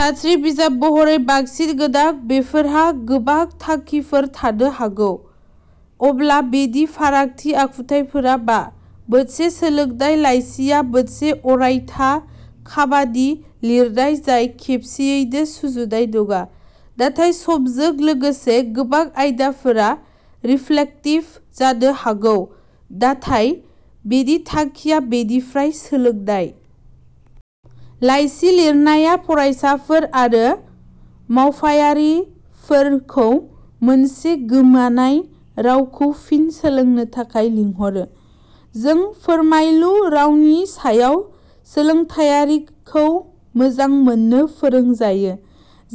सानस्रि बिजाब महरै बांसिन गोनां, बेफोरहा गोबां थांखिफोर थानो हागौ। अब्ला बेनि फारागथि आखुथायफोरा मा? मोनसे सोलोंनाय लाइसिया मोनसे अरायथा खामानि लिरनाय जाय खेबसेयैनो सुजुनाय नङा नाथाय समजों लोगोसे गोबां आयदाफोरा रिफ्लेक्टिभ जानो हागौ नाथाय बेनि थांखिया बेनिफ्राय सोलोंनाय। लाइसि लिरनाया फरायसाफोर आरो मावफारियाफोरखौ मोनसे गोमानाय रावखौ फिन सोलोंनो थाखाय लिंहरो। जों फोरमायलु रावनि सायाव सोलोंथायारिखौ मोजां मोननो फोरोंजायो,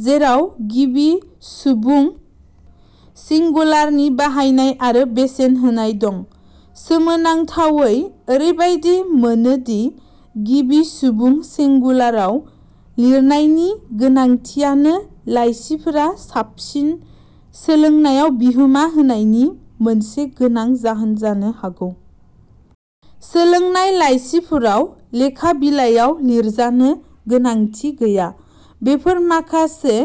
जेराव गिबि सुबुं सिंगुलारनि बाहायनाय आरो बेसेन होनाय दं। सोमोनांथावै, ओरैबायदि मोनो दि गिबि सुबुं सिंगुलाराव लिरनायनि गोनांथियानो लाइसिफोरा साबसिन सोलोंनायाव बिहोमा होनायनि मोनसे गोनां जाहोन जानो हागौ। सोलोंनाय लाइसिफोराव लेखा बिलायाव लिरजानो गोनांथि गैया। बेफोर माखासे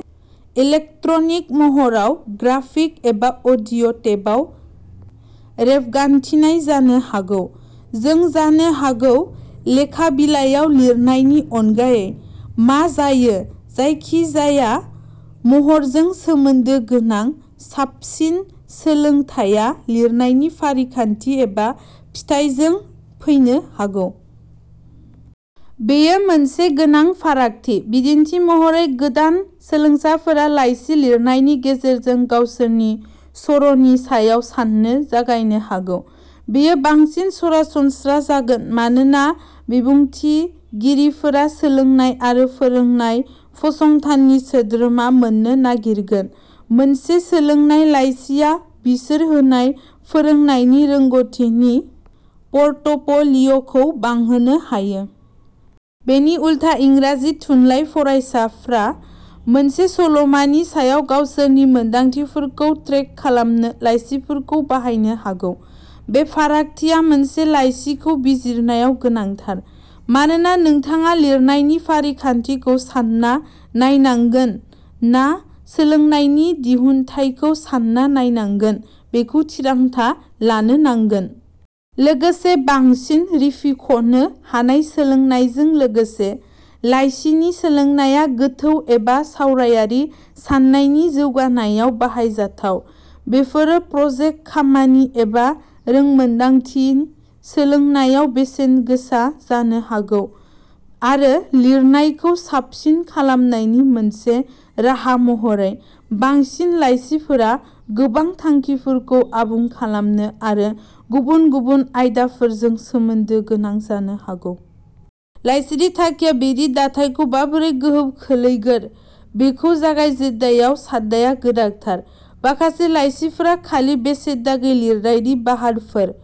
इलेक्ट्रनिक महराव, ग्राफिक एबा अडिअ टेपआव रेबगान्थिनाय जानो हागौ। जों जानो हागौ लेखा बिलायाव लिरनायनि अनगायै, मा जायो जायखि जाया महरजों सोमोन्दो गोनां। साबसिन सोलोंथाया लिरनायनि फारिखान्थि एबा फिथायजों फैनो हागौ। बेयो मोनसे गोनां फारागथि। बिदिन्थि महरै, गोदान सोलोंसाफोरा लाइसि लिरनायनि गेजेरजों गावसोरनि सर'नि सायाव साननो जागायनो हागौ। बेयो बांसिन सरासनस्रा जागोन मानोना बिबुंथिगिरिफोरा सोलोंनाय आरो फोरोंनाय फसंथाननि सोद्रोमा मोननो नागिरगोन। मोनसे सोलोंनाय लाइसिआ बिसोर होनाय फोरोंनायनि रोंग'थिनि पर्टफ'लिय'खौ बांहोनो हागौ। बिनि उलथा, इंराजि थुनलाइ फरायसाफ्रा मोनसे सल'मानि सायाव गावसोरनि मोनदांथिफोरखौ ट्रेक खालामनो लाइसिफोरखौ बाहायनो हागौ। बे फारागथिया मोनसे लाइसिखौ बिजिरनायाव गोनांथार, मानोना नोंथाङा लिरनायनि फारिखान्थिखौ सान्ना नायनांगोन ना सोलोंनायनि दिहुनथायखौ सान्ना नायनांगोन बेखौ थिरांथा लानो नांगोन। लोगोसे बांसिन रिफिख'नो हानाय सोलोंनायजों लोगोसे, लाइसि सोलोंनाया गोथौ एबा सावरायारि साननायनि जौगानायाव बाहायजाथाव। बेफोरो प्रजेक्ट खामानि एबा रोंमोनदांथि सोलोंनायाव बेसेनगोसा जानो हागौ। आरो लिरनायखौ साबसिन खालामनायनि मोनसे राहा महरै। बांसिन लाइसिफोरा गोबां थांखिफोरखौ आबुं खालामनो आरो गुबुन गुबुन आयदाफोरजों सोमोन्दो गोनां जानो हागौ। लाइसिनि थांखिया बेनि दाथायखौ माबोरै गोहोम खोख्लैगोन बेखौ जागायजेननायाव साननाया गोनांथार। माखासे लाइसिफोरा खालि बेसेन नाङै लिरनायनि बाहनफोर।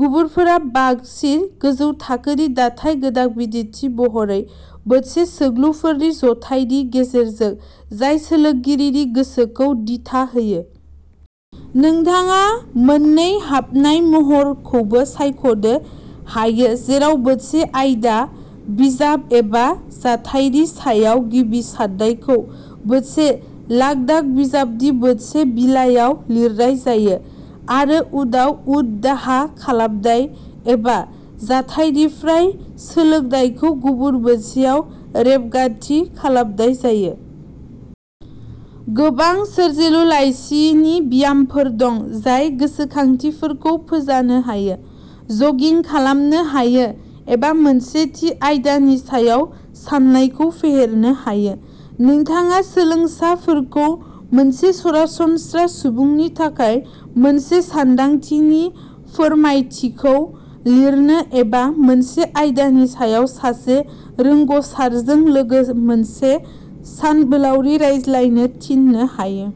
गुबुनफोरा बांसिन गोजौ थाखोनि दाथाय गोनां, बिदिन्थि महरै मोनसे सोंलुफोरनि जथायनि गेजेरजों जाय सोलोंगिरिनि गोसोखौ दिथा होयो। नोंथाङा मोननै हाबनाय महरखौबो सायख'नो हायो, जेराव मोनसे आयदा, बिजाब एबा जाथायनि सायाव गिबि साननायखौ मोनसे लांदां बिजाबनि मोनसे बिलायाव लिरनाय जायो, आरो उनाव उनदाहा खालामनाय, एबा जाथायनिफ्राय सोलोंनायखौ गुबुन मोनसेयाव रेबगान्थि खालामनाय जायो। गोबां सोरजिलु लाइसिनि ब्यामफोर दं जाय गोसोखांथिफोरखौ फोजानो हायो, जगिं खालामनो हायो एबा मोनसे थि आयदानि सायाव सान्नायखौ फेहेरनो हायो। नोंथाङा सोलोंसाफोरखौ मोनसे सरासनस्रा सुबुंनि थाखाय मोनसे सानदांथिनि फोरमायथिखौ लिरनो एबा मोनसे आयदानि सायाव सासे रोंग'सारजों लोगो मोनसे सानबोलावरि रायज्लायनो थिननो हायो।